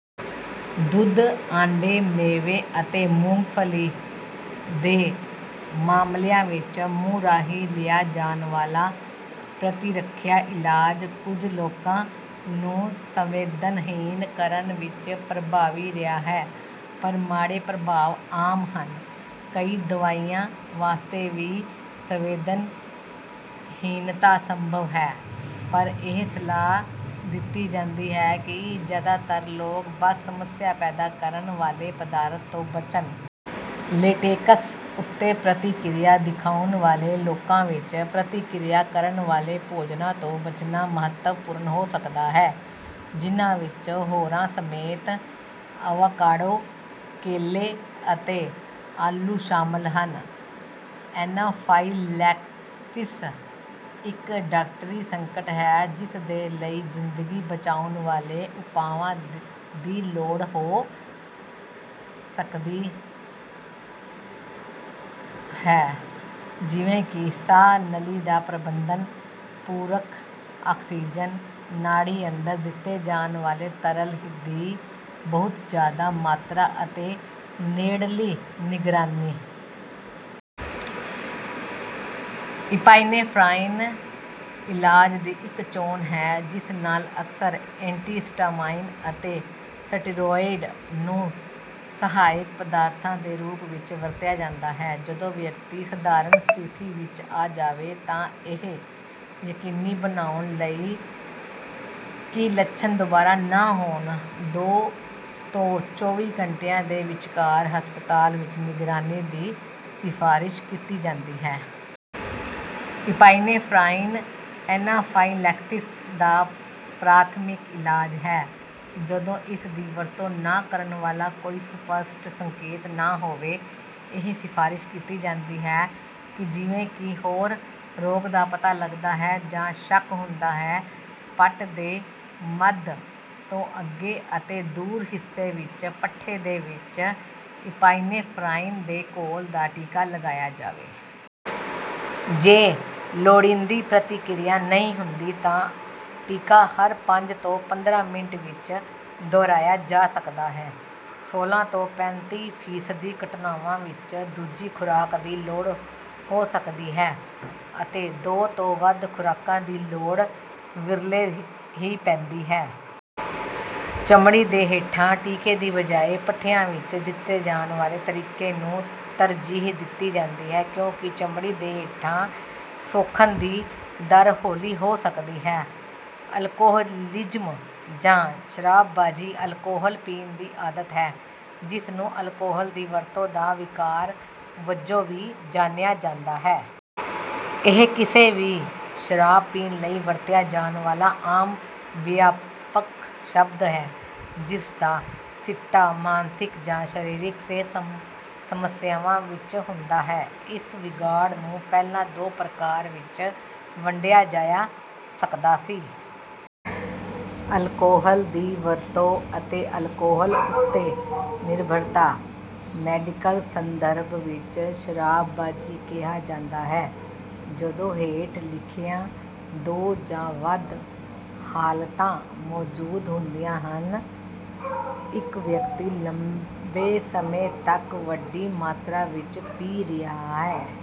ਦੁੱਧ, ਆਂਡੇ, ਮੇਵੇ ਅਤੇ ਮੂੰਗਫਲੀ ਦੇ ਮਾਮਲਿਆਂ ਵਿੱਚ ਮੂੰਹ ਰਾਹੀਂ ਲਿਆ ਜਾਣ ਵਾਲਾ ਪ੍ਰਤਿਰੱਖਿਆ ਇਲਾਜ ਕੁਝ ਲੋਕਾਂ ਨੂੰ ਸੰਵੇਦਨਹੀਣ ਕਰਨ ਵਿੱਚ ਪ੍ਰਭਾਵੀ ਰਿਹਾ ਹੈ। ਪਰ ਮਾੜੇ ਪ੍ਰਭਾਵ ਆਮ ਹਨ। ਕਈ ਦਵਾਈਆਂ ਵਾਸਤੇ ਵੀ ਸੰਵੇਦਨਹੀਨਤਾ ਸੰਭਵ ਹੈ, ਪਰ ਇਹ ਸਲਾਹ ਦਿੱਤੀ ਜਾਂਦੀ ਹੈ ਕਿ ਜ਼ਿਆਦਾਤਰ ਲੋਕ ਬਸ ਸਮੱਸਿਆ ਪੈਦਾ ਕਰਨ ਵਾਲੇ ਪਦਾਰਥ ਤੋਂ ਬਚਣ। ਲੇਟੇਕਸ ਉੱਤੇ ਪ੍ਰਤਿਕਿਰਿਆ ਦਿਖਾਉਣ ਵਾਲੇ ਲੋਕਾਂ ਵਿੱਚ, ਪ੍ਰਤਿਕਿਰਿਆ ਕਰਨ ਵਾਲੇ ਭੋਜਨਾਂ ਤੋਂ ਬਚਣਾ ਮਹੱਤਵਪੂਰਨ ਹੋ ਸਕਦਾ ਹੈ ਜਿਨ੍ਹਾਂ ਵਿੱਚ ਹੋਰਾਂ ਸਮੇਤ ਅਵਾਕਾਡੋ, ਕੇਲੇ, ਅਤੇ ਆਲੂ ਸ਼ਾਮਲ ਹਨ। ਐਨਾਫਾਈਲੈਕਸਿਸ ਇੱਕ ਡਾਕਟਰੀ ਸੰਕਟ ਹੈ ਜਿਸਦੇ ਲਈ ਜ਼ਿੰਦਗੀ ਬਚਾਉਣ ਵਾਲੇ ਉਪਾਵਾਂ ਦੀ ਲੋੜ ਹੋ ਸਕਦੀ ਹੈ ਜਿਵੇਂ ਕਿ ਸਾਹ ਨਲੀ ਦਾ ਪ੍ਰਬੰਧਨ, ਪੂਰਕ ਆਕਸੀਜ਼ਨ, ਨਾੜੀ ਅੰਦਰ ਦਿੱਤੇ ਜਾਣ ਵਾਲੇ ਤਰਲ ਦੀ ਬਹੁਤ ਜ਼ਿਆਦਾ ਮਾਤਰਾ, ਅਤੇ ਨੇੜਲੀ ਨਿਗਰਾਨੀ। ਇਪਾਈਨੇਫ੍ਰਾਈਨ ਇਲਾਜ ਦੀ ਇੱਕ ਚੋਣ ਹੈ ਜਿਸ ਨਾਲ ਅਕਸਰ ਏਂਟੀਹਿਸਟਾਮਾਈਨ ਅਤੇ ਸਟੀਰੋਇਡ ਨੂੰ ਸਹਾਇਕ ਪਦਾਰਥਾਂ ਦੇ ਰੂਪ ਵਿੱਚ ਵਰਤਿਆ ਜਾਂਦਾ ਹੈ। ਜਦੋਂ ਵਿਅਕਤੀ ਸਧਾਰਨ ਸਥਿਤੀ ਵਿੱਚ ਆ ਜਾਵੇ ਤਾਂ ਇਹ ਯਕੀਨੀ ਬਣਾਉਣ ਲਈ ਕਿ ਲੱਛਣ ਦੁਬਾਰਾ ਨਾ ਹੋਣ, ਦੋ ਤੋਂ ਚੌਵੀ ਘੰਟਿਆਂ ਦੇ ਵਿਚਕਾਰ ਹਸਪਤਾਲ ਵਿੱਚ ਨਿਗਰਾਨੀ ਦੀ ਸਿਫਾਰਸ਼ ਕੀਤੀ ਜਾਂਦੀ ਹੈ। ਇਪਾਈਨੇਫ੍ਰਾਈਨ ਐਨਾਫਾਈਲੈਕਸਿਸ ਦਾ ਪ੍ਰਾਥਮਿਕ ਇਲਾਜ ਹੈ ਜਦੋਂ ਇਸਦੀ ਵਰਤੋਂ ਨਾ ਕਰਨ ਵਾਲਾ ਕੋਈ ਸਪੱਸ਼ਟ ਸੰਕੇਤ ਨਾ ਹੋਵੇ। ਇਹ ਸਿਫਾਰਸ਼ ਕੀਤੀ ਜਾਂਦੀ ਹੈ ਕਿ ਜਿਵੇਂ ਹੀ ਰੋਗ ਦਾ ਪਤਾ ਲਗਦਾ ਹੈ ਜਾਂ ਸ਼ੱਕ ਹੁੰਦਾ ਹੈ, ਪੱਟ ਦੇ ਮੱਧ ਤੋਂ ਅੱਗੇ ਅਤੇ ਦੂਰ ਹਿੱਸੇ ਵਿੱਚ ਪੱਠੇ ਦੇ ਵਿੱਚ ਇਪਾਈਨੇਫ੍ਰਾਈਨ ਦੇ ਘੋਲ ਦਾ ਟੀਕਾ ਲਗਾਇਆ ਜਾਵੇ। ਜੇ ਲੋੜੀਂਦੀ ਪ੍ਰਤਿਕਿਰਿਆ ਨਹੀਂ ਹੁੰਦੀ ਹੈ ਤਾਂ ਟੀਕਾ ਹਰ ਪੰਜ ਤੋਂ ਪੰਦਰਾਂ ਮਿੰਟ ਵਿੱਚ ਦੁਹਰਾਇਆ ਜਾ ਸਕਦਾ ਹੈ। ਸੋਲ੍ਹਾਂ ਤੋਂ ਪੈਂਤੀ ਫੀਸਦੀ ਘਟਨਾਵਾਂ ਵਿੱਚ ਦੂਜੀ ਖੁਰਾਕ ਦੀ ਲੋੜ ਹੋ ਸਕਦੀ ਹੈ ਅਤੇ ਦੋ ਤੋਂ ਵੱਧ ਖੁਰਾਕਾਂ ਦੀ ਲੋੜ ਵਿਰਲੇ ਹੀ ਪੈਂਦੀ ਹੈ। ਚਮੜੀ ਦੇ ਹੇਠਾਂ ਟੀਕੇ ਦੀ ਬਜਾਏ ਪੱਠਿਆਂ ਵਿੱਚ ਦਿੱਤੇ ਜਾਣ ਵਾਲੇ ਤਰੀਕੇ ਨੂੰ ਤਰਜੀਹ ਦਿੱਤੀ ਜਾਂਦੀ ਹੈ ਕਿਉਂਕਿ ਚਮੜੀ ਦੇ ਹੇਠਾਂ ਸੋਖਣ ਦੀ ਦਰ ਹੌਲੀ ਹੋ ਸਕਦੀ ਹੈ। ਅਲਕੋਹਲਿਜ਼ਮ ਜਾਂ ਸ਼ਰਾਬਬਾਜ਼ੀ ਅਲਕੋਹਲ ਪੀਣ ਦੀ ਆਦਤ ਹੈ, ਜਿਸ ਨੂੰ ਅਲਕੋਹਲ ਦੀ ਵਰਤੋਂ ਦਾ ਵਿਕਾਰ ਵਜੋਂ ਵੀ ਜਾਣਿਆ ਜਾਂਦਾ ਹੈ। ਇਹ ਕਿਸੇ ਵੀ ਸ਼ਰਾਬ ਪੀਣ ਲਈ ਵਰਤਿਆ ਜਾਣ ਵਾਲਾ ਆਮ ਵਿਆਪਕ ਸ਼ਬਦ ਹੈ ਜਿਸਦਾ ਸਿੱਟਾ ਮਾਨਸਿਕ ਜਾਂ ਸਰੀਰਕ ਸਿਹਤ ਸਮੱਸਿਆਵਾਂ ਵਿੱਚ ਹੁੰਦਾ ਹੈ। ਇਸ ਵਿਗਾੜ ਨੂੰ ਪਹਿਲਾਂ ਦੋ ਪ੍ਰਕਾਰ ਵਿੱਚ ਵੰਡਿਆ ਜਾਇਆ ਕਰਦਾ ਸੀ। ਅਲਕੋਹਲ ਦੀ ਦੁਰਵਰਤੋਂ ਅਤੇ ਅਲਕੋਹਲ ਉੱਤੇ ਨਿਰਭਰਤਾ। ਮੈਡੀਕਲ ਸੰਦਰਭ ਵਿੱਚ, ਸ਼ਰਾਬਬਾਜ਼ੀ ਕਿਹਾ ਜਾਂਦਾ ਹੈ ਜਦੋਂ ਹੇਠ ਲਿਖੀਆਂ ਦੋ ਜਾਂ ਵੱਧ ਹਾਲਤਾਂ ਮੌਜੂਦ ਹੁੰਦੀਆਂ ਹਨ। ਇੱਕ ਵਿਅਕਤੀ ਲੰਬੇ ਸਮੇਂ ਤੱਕ ਵੱਡੀ ਮਾਤਰਾ ਵਿੱਚ ਪੀ ਰਿਹਾ ਹੈ...